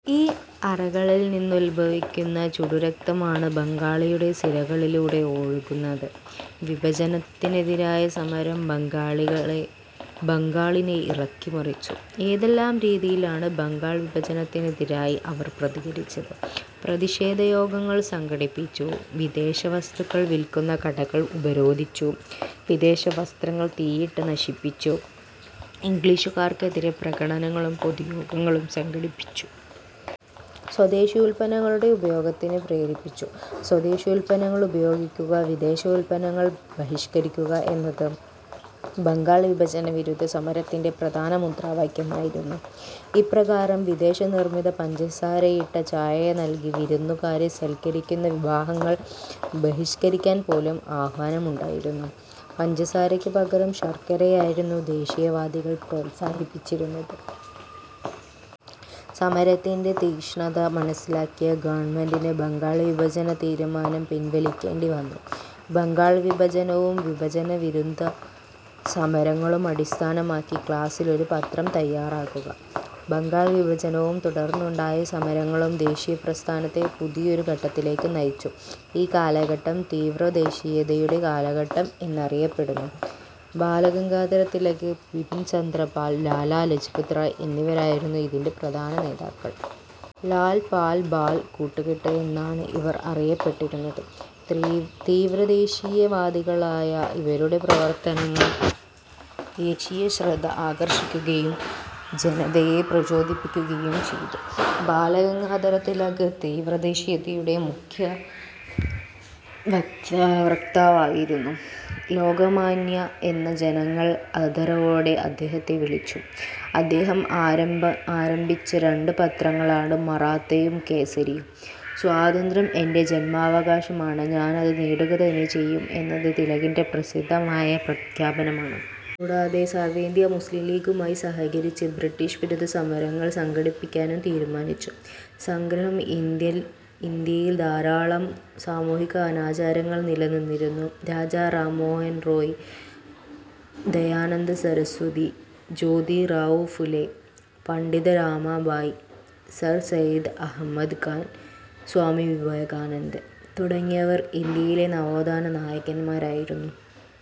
ഈ അറകളിൽ നിന്നുത്ഭവിക്കുന്ന ചുടുരക്തമാണ് ബംഗാളികളുടെ സിരകളിലൂടെ ഒഴുകുന്നത്. വിഭജനത്തിനെതിരായ സമരം ബംഗാളിനെ ഇളക്കിമറിച്ചു. ഏതെല്ലാം രീതിയിലാണ് ബംഗാൾ വിഭജനത്തിനെതിരായി അവർ പ്രതികരിച്ചത്? പ്രതിഷേധ യോഗങ്ങൾ സംഘടിപ്പിച്ചു. വിദേശ വസ്തുക്കൾ വിൽക്കുന്ന കടകൾ ഉപരോധിച്ചു. വിദേശ വസ്ത്രങ്ങൾ തീയിട്ട് നശിപ്പിച്ചു. ഇംഗ്ലീഷുകാർക്കെതിരെ പ്രകടനങ്ങളും പൊതുയോഗങ്ങളും സംഘടിപ്പിച്ചു. സ്വദേശി ഉൽപന്നങ്ങളുടെ ഉപയോഗത്തിന് പ്രേരിപ്പിച്ചു. സ്വദേശി ഉൽപ്പന്നങ്ങൾ ഉപയോഗിക്കുക, വിദേശ ഉൽപ്പന്നങ്ങൾ ബഹിഷ്കരിക്കുക എന്നത് ബംഗാൾ വിഭജന വിരുദ്ധ സമരത്തിന്റെ പ്രധാന മുദ്രാവാക്യമായിരുന്നു. ഇപ്രകാരം വിദേശ നിർമ്മിത പഞ്ചസാരയിട്ട ചായ നൽകി വിരുന്നുകാരെ സൽക്കരിക്കുന്ന വിവാഹങ്ങൾ ബഹിഷ്കരിക്കാൻപോലും ആഹ്വാനമുണ്ടായിരുന്നു. പഞ്ചസാരയ്ക്ക് പകരം ശർക്കരയായിരുന്നു ദേശീയവാദികൾ പ്രോത്സാഹിപ്പിച്ചിരുന്നത്. സമരത്തിന്റെ തീക്ഷ്ണത മനസിലാക്കിയ ഗവൺമെന്റിന് ബംഗാൾ വിഭജന തീരുമാനം പിൻവലിക്കേണ്ടിവന്നു. ബംഗാൾ വിഭജനവും വിഭജനവിരുദ്ധ സമരങ്ങളും അടിസ്ഥാനമാക്കി ക്ലാസിൽ ഒരു പത്രം തയ്യാറാക്കുക. ബംഗാൾ വിഭജനവും തുടർന്നുണ്ടായ സമരങ്ങളും ദേശീയപ്രസ്ഥാനത്തെ പുതിയൊരു ഘട്ടത്തിലേക്ക് നയിച്ചു. ഈ കാലഘട്ടം തീവ്രദേശീയതയുടെ കാലഘട്ടം എന്നറിയപ്പെടുന്നു. ബാലഗംഗാധര തിലക്, ബിപിൻ ചന്ദ്രപാൽ, ലാലാ ലജ്പത്റായ് എന്നിവരായിരുന്നു ഇതിന്റെ പ്രധാന നേതാക്കൾ. ""ലാൽ, പാൽ, ബാൽ കൂട്ടുകെട്ട്' എന്നാണ് ഇവർ അറിയപ്പെട്ടിരുന്നത്. തീവ്രദേശീയ വാദികളായ ഇവരുടെ പ്രവർത്തനങ്ങൾ ദേശീയശ്രദ്ധ ആകർഷിക്കുകയും ജനതയെ പ്രചോദിപ്പിക്കുകയും ചെയ്തു. ബാലഗംഗാധരതിലക് തീവ്രദേശീയതയുടെ മുഖ്യവക്താവായിരുന്നു. ""ലോകമാന്യ' എന്ന് ജനങ്ങൾ ആദരവോടെ അദ്ദേഹത്തെ വിളിച്ചു. അദ്ദേഹം ആരംഭിച്ച രണ്ട് പത്രങ്ങളാണ് മറാത്തയും കേസരിയും. "സ്വാതന്ത്ര്യം എന്റെ ജന്മാവകാശമാണ്, ഞാനത് നേടുക തന്നെ ചെയ്യും" എന്നത് തിലകിന്റെ പ്രസിദ്ധമായ പ്രഖ്യാപനമാണ്. കൂടാതെ, സർവ്വേന്ത്യാ മുസ്ലീംലീഗുമായി സഹകരിച്ച് ബ്രിട്ടീഷ് വിരുദ്ധ സമരങ്ങൾ സംഘടിപ്പിക്കാനും തീരുമാനിച്ചു. സംഗ്രഹം- ഇന്ത്യയിൽ ധാരാളം സാമൂഹിക അനാചാരങ്ങൾ നിലനിന്നിരുന്നു. രാജാ റാംമോഹൻ റോയ്, ദയാനന്ദ സരസ്വതി, ജോതിറാവു ഫുലെ, പണ്ഡിത രമാബായ്, സർ സയ്യിദ് അഹമ്മദ് ഖാൻ, സ്വാമി വിവേകാനന്ദൻ തുടങ്ങിയവർ ഇന്ത്യയിലെ നവോത്ഥാന നായകന്മാരായിരുന്നു.